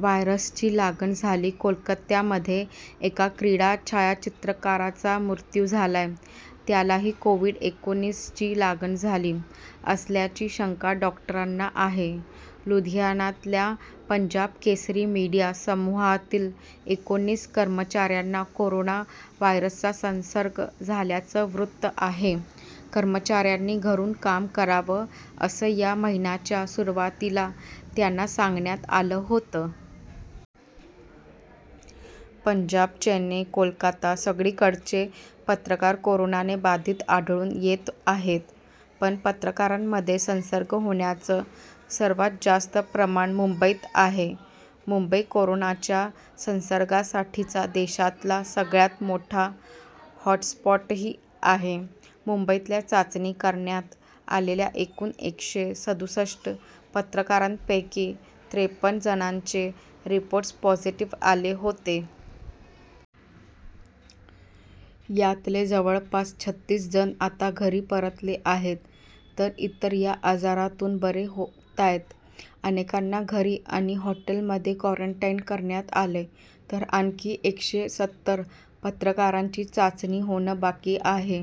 व्हायरसची लागण झाली कोलकात्यामध्ये एका क्रीडा छायाचित्रकाराचा मृत्यू झालाय. त्यालाही कोव्हिड एकोणीसची लागण झाली असल्याची शंका डॉक्टरांना आहे. लुधियानातल्या पंजाब केसरी मीडिया समूहातील एकोणीस कर्मचाऱ्यांना कोरोना व्हायरसचा संसर्ग झाल्याचं वृत्त आहे. कर्मचाऱ्यांनी घरून काम करावं, असं या महिन्याच्या सुरुवातीला त्यांना सांगण्यात आलं होतं. पंजाब, चेन्नई, कोलकाता, सगळीकडचे पत्रकार कोरोनाने बाधित आढळून येत आहेत. पण पत्रकारांमध्ये संसर्ग होण्याचं सर्वात जास्त प्रमाण मुंबईत आहे. मुंबई कोरोनाच्या संसर्गासाठीचा देशातला सगळ्यात मोठा हॉटस्पॉटही आहे. मुंबईतल्या चाचणी करण्यात आलेल्या एकूण एकशे सदुसष्ट पत्रकारांपैकी त्रेपन्न जणांचे रिपोर्ट्स पॉझिटिव्ह आले होते. यातले जवळपास छत्तीस जण आता घरी परतले आहेत. तर इतर या आजारातून बरे होतायत. अनेकांना घरी आणि हॉटेलमध्ये क्वारंटाईन करण्यात आलंय, तर आणखी एकशे सत्तर पत्रकारांची चाचणी होणं बाकी आहे.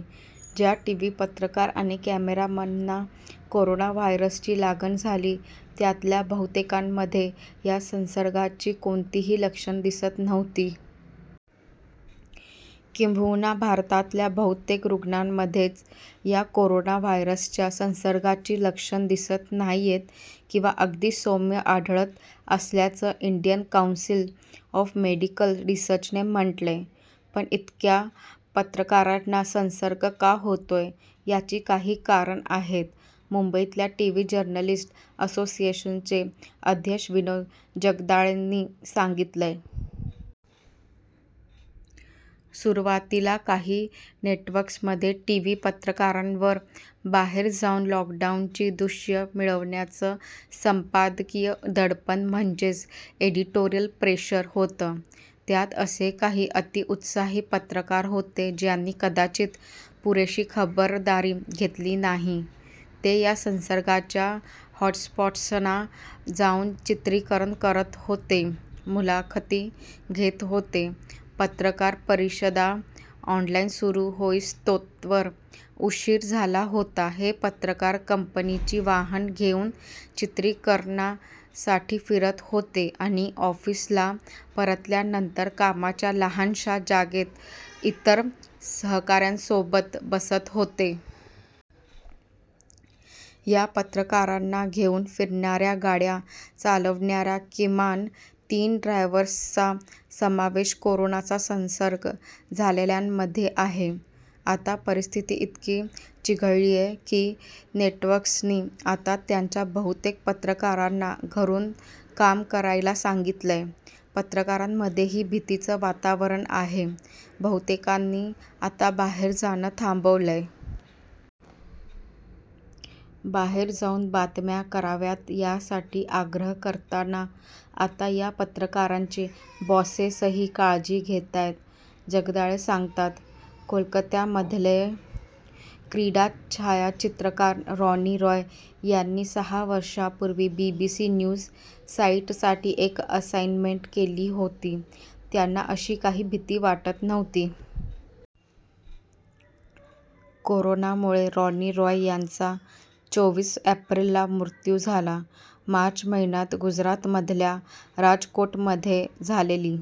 ज्या टीव्ही पत्रकार आणि कॅमेरामनना कोरोना व्हायरसची लागण झाली, त्यातल्या बहुतेकांमध्ये या संसर्गाची कोणतीही लक्षणं दिसत नव्हती. किंबहुना भारतातल्या बहुतेक रुग्णांमध्येच या कोरोना व्हायरसच्या संसर्गाची लक्षणं दिसत नाहीयेत किंवा अगदी सौम्य आढळत असल्याचं इंडियन काऊन्सिल ऑफ मेडिकल रिसर्चने म्हटलंय. पण इतक्या पत्रकारांना संसर्ग का होतोय? याची काही कारणं आहेत, मुंबईतल्या टीव्ही जर्नलिस्ट असोसिएशनचे अध्यक्ष विनोद जगदाळेंनी सांगितलं. सुरुवातीला काही नेटवर्क्समध्ये टीव्ही पत्रकारांवर बाहेर जाऊन लॉकडाऊनची दृश्यं मिळवण्याचं संपादकीय दडपण म्हणजेच एडिटोरियल प्रेशर होतं. त्यात असे काही अतिउत्साही पत्रकार होते, ज्यांनी कदाचित पुरेशी खबरदारी घेतली नाही. ते या संसर्गाच्या हॉटस्पॉट्सना जाऊन चित्रीकरण करत होते, मुलाखती घेत होते, पत्रकार परिषदा ऑनलाईन सुरू होईस्तोवर उशीर झाला होता हे पत्रकार कंपनीची वाहनं घेऊन चित्रीकरणासाठी फिरत होते आणि ऑफिसला परतल्यानंतर कामाच्या लहानशा जागेत इतर सहकाऱ्यांसोबत बसत होते. या पत्रकारांना घेऊन फिरणाऱ्या गाड्या चालवणाऱ्या किमान तीन ड्रायव्हर्सचा समावेश कोरोनाचा संसर्ग झालेल्यांमध्ये आहे. आता परिस्थिती इतकी चिघळळीय की, नेटवर्क्सनी आता त्यांच्या बहुतेक पत्रकारांना घरून काम करायला सांगितलंय. पत्रकारांमध्येही भीतीचं वातावरण आहे. बहुतेकांनी आता बाहेर जाणं थांबवलंय. बाहेर जाऊन बातम्या कराव्यात यासाठी आग्रह करताना आता या पत्रकारांचे बॉसेसही काळजी घेतायत, जगदाळे सांगतात. कोलकात्यामधलेय क्रीडा छायाचित्रकार रॉनी रॉय यांनी सहा वर्षांपूर्वी बीबीसी न्यूज साईटसाठी एक असाईनमेंट केली होती. त्यांना अशी काही भीती वाटत नव्हती. कोरोनामुळे रॉनी रॉय यांचा चोवीस एप्रिलला मृत्यू झाला. मार्च महिन्यात गुजरातमधल्या राजकोटमध्ये झालेली